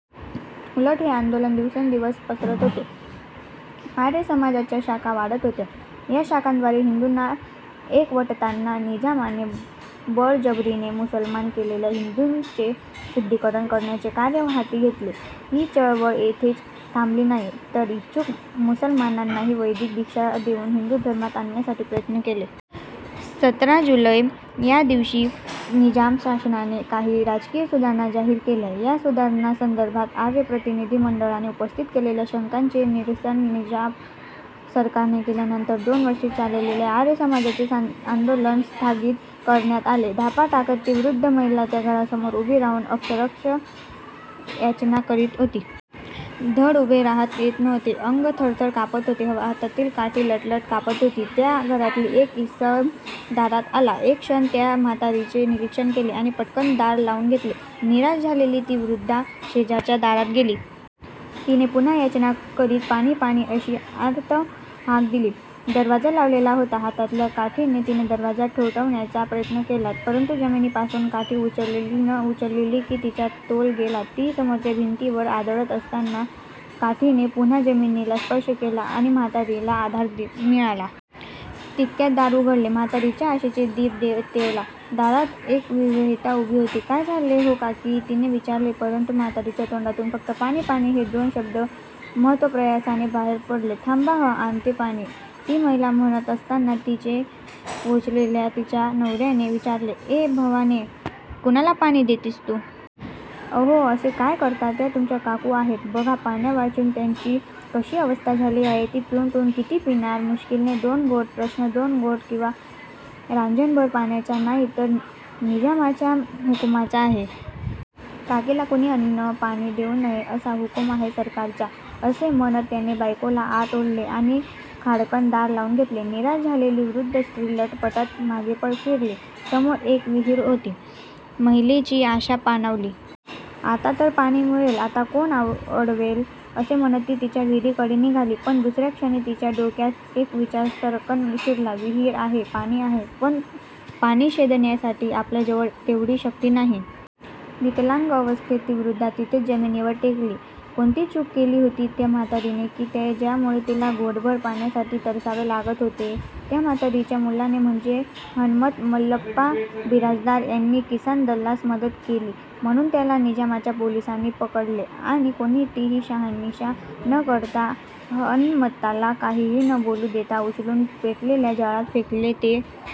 उलट हे आंदोलन दिवसेंदिवस पसरत होते. आर्य समाजाच्या शाखा वाढत होत्या. या शाखांद्वारे हिंदूंना एकवटताना निजामाने बळजबरीने मुसलमान केलेल्या हिंदूंचे शुद्धीकरण करण्याचे कार्य हाती घेतले. ही चळवळ येथेच थांबली नाही, तर इच्छुक मुसलमानांनाही वैदिक दीक्षा देऊन हिंदू धर्मात आणण्यासाठी प्रयत्न केले. सतरा जुलै यादिवशी निजाम शासनाने काही राजकीय सुधारणा जाहीर केल्या. या सुधारणासंदर्भात आर्य प्रतिनिधी मंडळाने उपस्थित केलेल्या शंकांचे निरसन निजाम सरकारने केल्यानंतर दोन वर्षे चाललेले आर्य समाजाचे आंदोलन स्थगित करण्यात आले. धापा टाकत ती वृद्ध महिला त्या घरासमोर उभी राहून अक्षरशः याचना करीत होती. धड उभे राहता येत नव्हते. अंग थरथर कापत होते. हातातील काठी लटलट कापत होती. त्या घरातील एक इसम दारात आला. एक क्षण त्या म्हातारीचे निरीक्षण केले आणि पटकन दार लावून घेतले. निराश झालेली ती वृद्धा शेजारच्या दारात गेली. तिने पुन्हा याचना करीत पाणी पाणी, अशी आर्त हाक दिली. दरवाजा लावलेला होता. हातातल्या काठीने तिने दरवाजा ठोठावण्याचा प्रयत्न केला, परंतु जमिनीपासून काठी उचलली न उचलली की तिचा तोल गेला. ती समोरच्या भिंतीवर आदळत असताना काठीने पुन्हा जमिनीला स्पर्श केला आणि म्हातारीला आधार मिळाला. तितक्यात दार उघडले. म्हातारीच्या आशेचा दीप तेवला. दारात एक विवाहिता उभी होती. काय झाले हो काकी? तिने विचारले, परंतु म्हातारीच्या तोंडातून फक्त पाणी पाणी हे दोन शब्द महत्प्रयासाने बाहेर पडले. थांबा हं. आणते पाणी, ती महिला म्हणत असताना तिथे पोहोचलेल्या तिच्या नवऱ्याने विचारले, ए भवाने, कुणाला पाणी देतेस तू? अहो, असे काय करता? त्या तुमच्या काकू आहेत. बघा पाण्यावाचून त्यांची कशी अवस्था झाली आहे ती. पिऊन पिऊन किती पिणार? मुश्किलीने दोन घोट. प्रश्न दोन घोट किंवा रांजणभर पाण्याचा नाही, तर निजामाच्या हुकुमाचा आहे. काकीला कुणी अन्न, पाणी देऊ नये असा हुकूम आहे सरकारचा, असे म्हणत त्याने बायकोला आत ओढले आणि खाडकन दार लावून घेतले. निराश झालेली वृद्ध स्त्री लटपटत मागे फिरली. समोर एक विहीर होती. महिलेची आशा पाणवली. आता तर पाणी मिळेल. आता कोण अडवेल? असे म्हणत ती त्या विहिरीकडे निघाली, पण दुसऱ्या क्षणी तिच्या डोक्यात एक विचार सर्रकन शिरला, विहीर आहे. पाणी आहे, पण पाणी शेंदण्यासाठी आपल्याजवळ तेवढी शक्ती नाही. विकलांग अवस्थेत ती वृद्धा तिथेच जमिनीवर टेकली. कोणती चूक केली होती त्या म्हातारीने की, ज्यामुळे तिला घोटभर पाण्यासाठी तरसावे लागत होते? त्या म्हातारीच्या मुलाने म्हणजे हणमंत मल्लप्पा बिराजदार यांनी किसानदलास मदत केली म्हणून त्याला निजामाच्या पोलिसांनी पकडले आणि कोणतीही शहानिशा न करता, हणमंताला काहीही न बोलू देता उचलून पेटलेल्या जाळात फेकले. ते